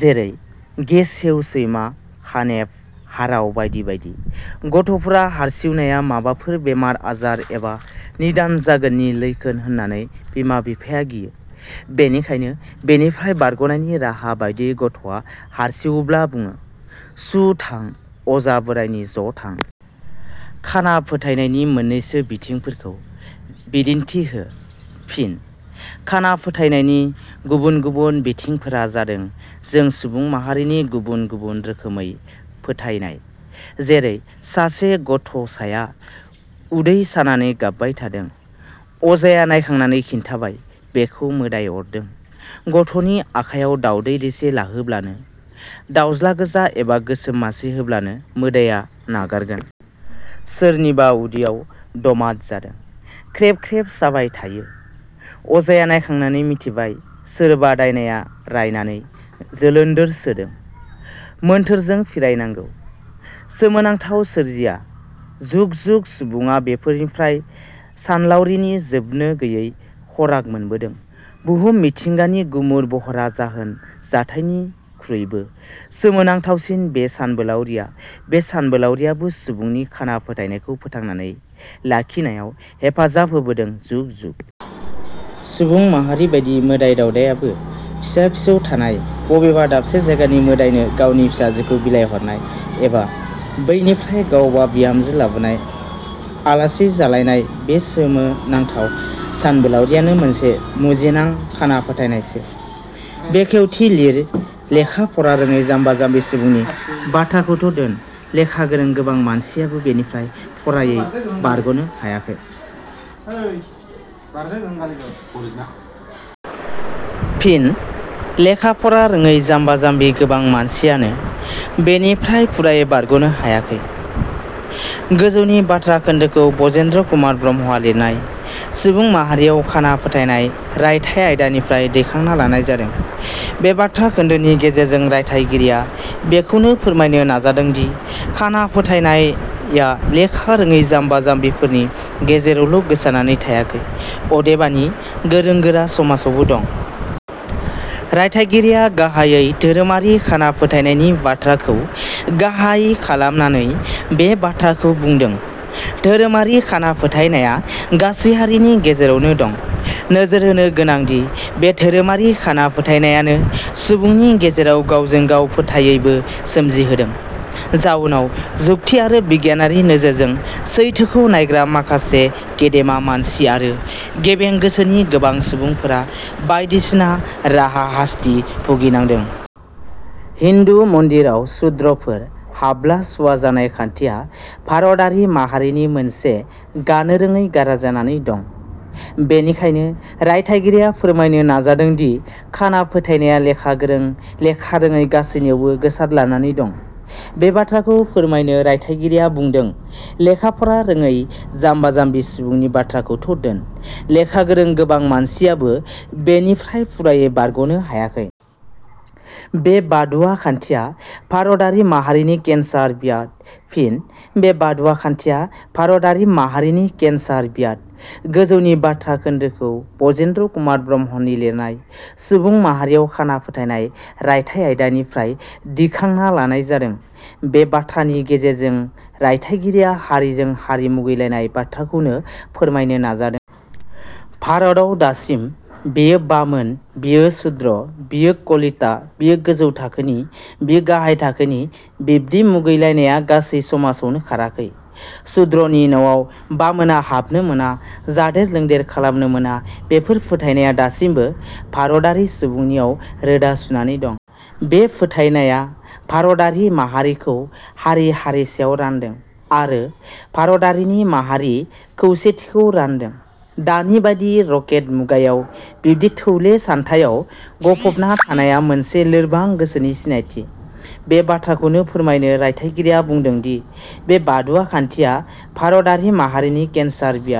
जेरै – गेसाव, सैमा, खानेब, हाराव बायदि बायदि। गथ 'फोरा हारसिउनाया माबाफोर बेमार आजार एबा निदान जागोननि लैखोन होन्नानै बिमा-बिफाया गियो। बेनिखायनो बेनिफ्राय बारग 'नायनि राहा बादियै गथ'आ हारसिउब्ला बुडो – सुन्थां, अजा बोराइनियाव ज 'थां। खाना फोथायनायनि मोननैसो बिथिंफोरखौ बिदिन्थि हो। फिन: खाना फोथायनायनि गुबुन गुबुन बिथिंफोरा जादों जों सुबुं माहारिनि गुबुन गुबुन रोखोमै फोथायनाय। जेरै-सासे गथ'साया उदै साजानानै गाबबाय थादों। अजाया नायखांनानै खिन्थाबाय बिखो मोदाइ अरदों; गथ'नि आखायाव दाउंदै दैसे लाहोब्लानो, दाउज़्ला गोजा एबा गोसोम मासे होब्लानो मोदाइया नागारगोन। सोरनिबा उदैयाव दमाद जादों, ख्रेब ख्रेब साबाय थायो। अजाया नायखांनानै मिथिबाय- सोरबा दाइनाया रायनानै जोलोन्दोर सोदों; मोन्थोरजों फिरायनांगौ। सोमो नांथाव सोरजिया। जुग जुग सुबुडा बेफोरनिफ्रायनो सानलावरिनि जोबनो गैयि खराग मोनबोदों। बुहुम मिथिंगानि गुमुर बहरा जाहोन जाथायनिखुइबो सोमो नांथावसिन बे सानबोलाउरिया बे सानलावरियाबो सुबुंनि खाना फोथायनायखौ फोथांनानै लाखिनायाव हेफाजाब होबोदों जुग-जुग। सुबुं माहारिबादि मोदाइ- दाउदायहाबो फिसा फिसौ थानाय, बबेबा दाबसे जायगानि मोदाइनो गावनि फिसाजोखौ बिलाय हरनाय, एबा बैनिफ्राय गावहा बिहामजो लाबोनाय, आलासि जालायनाय बे सोमो नांथाव सानलावरियानो मोनसे मुजिनां खाना फोथायनायसो।. बेखेवथि लिर:- लेखा-फरा रोङै-जाम्बा-जाम्बि सुबुंनि बाथ्राखौथ' दोन, लेखा गोरों गोबां मानसियाबो बेनिफ्राय फरायै बारगनो हायाखै। फिन: "लेखा-फरा रोङै जाम्बा-जाम्बि गोबां मानसियानो बेनिफ्राय फुरायै बारगनो हायाखै। " गोजौनि बाथ्रा खोन्दोखौ ब्रजेन्द्र कुमार ब्रह्मआ लिरनाय सुबुं माहारियाव खाना फोथाइनाय रायथाइ आयदानिफ्राय दिखांना लानाय जादों। बे बाथ्रा खोन्दोनि गेजेरजों रायथाइगिरिया बेखौनो फोरमायनो नाजादोंदि खाना फोथायनाया लेखा रोङि जाम्बा जाम्बिफोरनि गेजेरावल' गोसारनानै थायाखै अदेबानि गोरों-गोरा समाजावबो दं। रायथाइगिरिया गाहायै धोरोमारि खाना फोथायनायनि बाथ्राखौ गाहाइ खालामनानै बे बाथ्राखौ बुंदों। धोरोमारि खाना फोथायनाया गासै हारिनि गेजेरावनो दं। नोजोर होनो गोनांदि बे धोरोमारि खाना फोथायनायानो सुबुंनि गेजेराव गांवजों गाव फोथायैबो सोमजिहोदों। जाउनाव जुकथि आरो बिगियानारि नोजोरजों सैथोखौ नायग्रा माखासे गेदेमा मानसि आरो गेबें गोसोनि गोबां सुबुंफोरा बायदिसिन हाराहास्थि भुगिनांदों। हिन्दु मन्दिराव सुद्रफोर, हाबब्ला सुवा जानाय खान्थिया भारतारि माहारिनि मोनसे गानो रोडि-गाराइ जानानै दं। बेनिखायनो रायथाइगिरिया फोरमायनो नाजादोंदि खाना फोथायनाया लेखा गोरों लेखा रोङै गासैनियावबो गोसारदलानानै दं। बे बाथ्राखौ फोरमायनोनो रायथाइगिरिया बुंदों "लेखा फरा रोङै जाम्बा-जाम्बि सुबुंनि बाथ्राखौथ' दोन, लेखा गोरों गोबां मानसियाबो बेनिफ्राय फुरायै बारगनो हायाखै। "बे बादुवा खान्थिया भारतारि माहारिनि केन्सार बियाद"। फिन: "बे बादुवा खान्थिया भारतारि माहारिनि केन्सार बियाद" गोजौनि बाथ्रा खोन्दोखौ ब्रजेन्द्र कुमार ब्रह्मनि लिरनाय "सुबुं माहारियाव खाना फोथायनाय रायथाइ आयदानिफ्राय दिखांना लानाय जादों। बे बाथ्रानि गेजेरजों रायथाइगिरिया हारिजों हारि मुगैलायनाय बाथ्राखौनो फोरमायनो नाजादों। भारताव दासिमबो बियो बामोन बियो सुद्र, बियो कलिता, बियो गोजौ थाखोनि बियो गाहाय थाखोनि बिदि मुगैलायनाया गासै समाजावनो खाराखै। सुद्रनि नवाव बामोना हाबनो मोना जादेर लोंदेर खालामनो मोना बेफोर फोथायनाया दासिमबो भारतारि सुबुंनियाव रोदा सुनानै दं। बे फोथायनाया भारतारि माहारिखौ हारि-हारिसायाव रान्दों आरो भारतारिनि माहारियारि खौसेथिखौ रान्दों। दानि बादि रकेट मुगायाव बिदि थौले सान्थायाव गफबना थानाया मोनसे लोरबां गोसोनि सिनायथि। बे बाथ्राखौनो फोरमायनो रायथाइगिरिया बुंदोदि बे बादुवा खान्थिया भारतारि माहारिनि केन्सार बियाद।